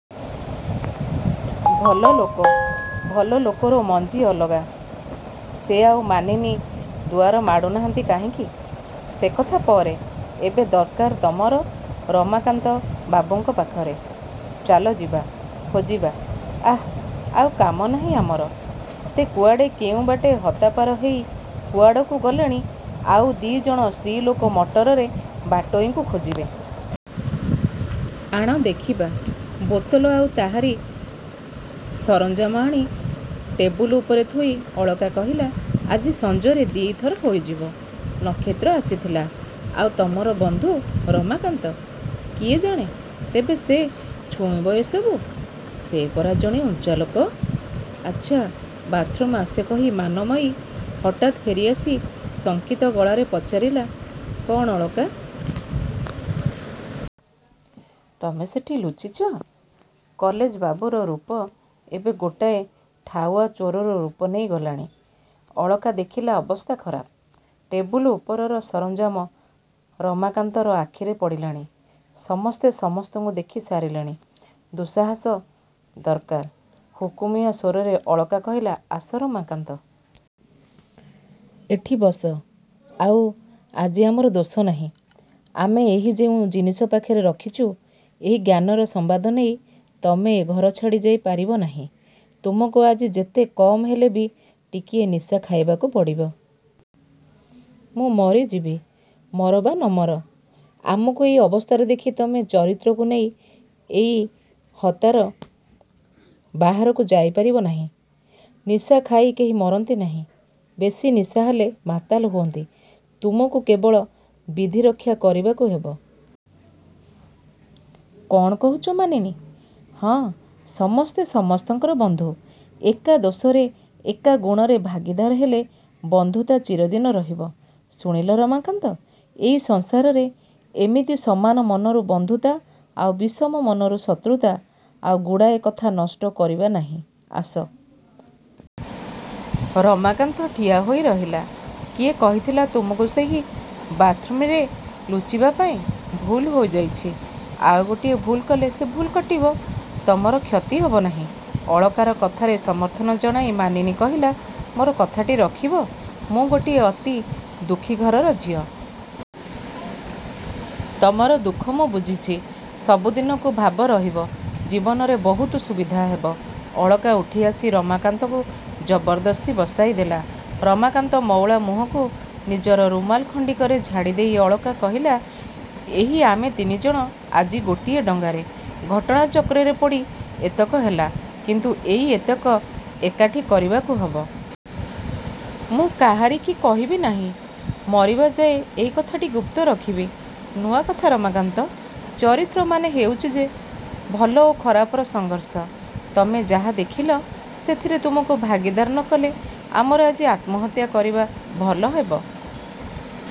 –ଭଲ ଲୋକ। ଭଲ ଲୋକର ମଞ୍ଜି ଅଲଗା। –ସେ ଆଉ ମାନିନୀ ଦୁଆର ମାଡ଼ୁ ନାହାଁନ୍ତି କାହିଁକି? –ସେକଥା ପରେ। ଏବେ ଦରକାର ତମର ରମାକାନ୍ତବାବୁଙ୍କ ପାଖରେ। ଚାଲଯିବା–ଖୋଜିବା। –ଆଃ, ଆଉ କାମ ନାହିଁ ଆମର? ସେ କୁଆଡ଼େ କେଉଁବାଟେ ହତାପାର ହେଇ କୁଆଡ଼କୁ ଗଲେଣି ଆଉ ଦି'ଜଣ ସ୍ତ୍ରୀ ଲୋକ ମଟରରେ ବାଟୋଇଙ୍କୁ ଖୋଜିବେ। ଆଣ–ଦେଖିବା। –ବୋତଲ ଆଉ ତାହାରି ସରଞ୍ଜାମ ଆଣି ଟେବୁଲ। ଉପରେ ଥୋଇ ଅଳକା କହିଲା–ଆଜି ସଞ୍ଜରେ ଦି'ଥର ହୋଇଯିବ। ନକ୍ଷତ୍ର ଆସିଥିଲା– –ଆଉ, ତମର ବନ୍ଧୁ ରମାକାନ୍ତ? –କିଏ ଜାଣେ? ତେବେ ସେ ଛୁଇଁବ ଏ ସବୁ? ସେ ପରା ଜଣେ ଉଞ୍ଚା ଲୋକ। ଆଚ୍ଛା, ବାଥରୁମ୍ରୁ ଆସେ କହି ମାନମୟୀ ହଠାତ୍ ଫେରି ଆସି ଶଙ୍କିତ ଗଳାରେ ପଚାରିଲା–କ'ଣ ଅଳକା? ତମେ ସେଠି ଲୁଚିଛ? –କଲେଜ ବାବୁର ରୂପ ଏବେ ଗୋଟାଏ ଠାଉଆ ଚୋରର ରୂପ ନେଇ ଗଲାଣି। ଅଳକା ଦେଖିଲା–ଅବସ୍ଥା ଖରାପ। ଟେବୁଲ ଉପରର ସରଞ୍ଜାମ ରମାକାନ୍ତର ଆଖିରେ ପଡ଼ିଲାଣି। ସମସ୍ତେ ସମସ୍ତଙ୍କୁ ଦେଖି ସାରିଲେଣି। ଦୁଃସାହସ ଦରକାର। ହୁକୁମିଆ ସ୍ୱରରେ ଅଳକା କହିଲା–ଆସ ରମାକାନ୍ତ! ଏଠି ବସ, ଆଉ ଆଜି ଆମର ଦୋଷ ନାହିଁ। ଆମେ ଏହି ଯେଉଁ ଜିନିଷ ପାଖରେ ରଖିଛୁ ଏହି ଜ୍ଞାନର ସମ୍ବାଦ ନେଇ ତମେ ଏ ଘର ଛାଡ଼ି ଯାଇ ପାରିବ ନାହିଁ। ତୁମକୁ ଆଜି ଯେତେ କମ୍ ହେଲେ ବି ଟିକିଏ ନିଶା ଖାଇବାକୁ ପଡ଼ିବ। –ମୁଁ ମରିଯିବି। –ମର ବା ନ ମର, ଆମକୁ ଏଇ ଅବସ୍ଥାରେ ଦେଖି ତମେ ଚରିତ୍ରକୁ ନେଇ ଏହି ହତାର ବାହାରକୁ ଯାଇପାରିବ ନାହିଁ। ନିଶା ଖାଇ କେହି ମରନ୍ତି ନାହିଁ। ବେଶି ନିଶା ହେଲେ ମାତାଲ ହୁଅନ୍ତି। ତୁମକୁ କେବଳ ବିଧିରକ୍ଷା କରିବାକୁ ହେବ। –କ'ଣ କହୁଛ ମାନିନୀ? –ହଁ। ସମସ୍ତେ ସମସ୍ତଙ୍କର ବନ୍ଧୁ। ଏକା ଦୋଷରେ, ଏକା ଗୁଣରେ ଭାଗୀଦାର ହେଲେ ବନ୍ଧୁତା ଚିରଦିନ ରହିବ। –ଶୁଣିଲ ରମାକାନ୍ତ! ଏଇ ସଂସାରରେ ଏମିତି ସମାନ ମନରୁ ବନ୍ଧୁତା ଆଉ ବିଷମ ମନରୁ ଶତ୍ରୁତା। ଆଉ ଗୁଡ଼ାଏ କଥା ନଷ୍ଟ କରିବା ନାହିଁ–ଆସ। ରମାକାନ୍ତ ଠିଆ ହୋଇ ରହିଲା। –କିଏ କହିଥିଲା ତୁମକୁ ସେହି ବାଥରୁମ୍ରେ ଲୁଚିବା ପାଇଁ। ଭୁଲ ହୋଇ ଯାଇଛି–ଆଉ ଗୋଟିଏ ଭୁଲ କଲେ ସେ ଭୁଲ କଟିବ। ତମର କ୍ଷତି ହେବ ନାହିଁ। ଅଳକାର କଥାରେ ସମର୍ଥନ ଜଣାଇ ମାନିନୀ କହିଲା–ମୋର କଥାଟି ରଖିବ। ମୁଁ ଗୋଟିଏ ଅତି ଦୁଃଖୀ ଘରର ଝିଅ। ତମର ଦୁଃଖ ମୁଁ ବୁଝିଛି। ସବୁଦିନକୁ ଭାବ ରହିବ। ଜୀବନରେ ବହୁତ ସୁବିଧା ହେବ। ଅଳକା ଉଠିଆସି ରମାକାନ୍ତକୁ ଜବରଦସ୍ତି ବସାଇ ଦେଲା–। ରମାକାନ୍ତ ମଉଳା ମୁହଁକୁ ନିଜର ରୁମାଲ ଖଣ୍ଡିକରେ ଝାଡ଼ି ଦେଇ ଅଳକା କହିଲା–ଏହି ଆମେ ତିନିଜଣ ଆଜି ଗୋଟିଏ ଡଙ୍ଗାରେ। ଘଟଣାଚକ୍ରରେ ପଡ଼ି ଏତକ ହେଲା, କିନ୍ତୁ ଏଇ ଏତକ ଏକାଠି କରିବାକୁ ହେବ। –ମୁଁ କାହାରିକୁ କହିବି ନାହିଁ। ମରିବା ଯାଏ ଏଇ କଥାଟି ଗୁପ୍ତ ରଖିବି। –ନୂଆ କଥା ରମାକାନ୍ତ! ଚରିତ୍ର ମାନେ ହେଉଛି ଯେ ଭଲ ଓ ଖରାପର ସଂଘର୍ଷ। ତମେ ଯାହା ଦେଖିଲ, ସେଥିରେ ତୁମକୁ ଭାଗୀଦାର ନ କଲେ ଆମର ଆଜି ଆତ୍ମହତ୍ୟା କରିବା ଭଲ ହେବ!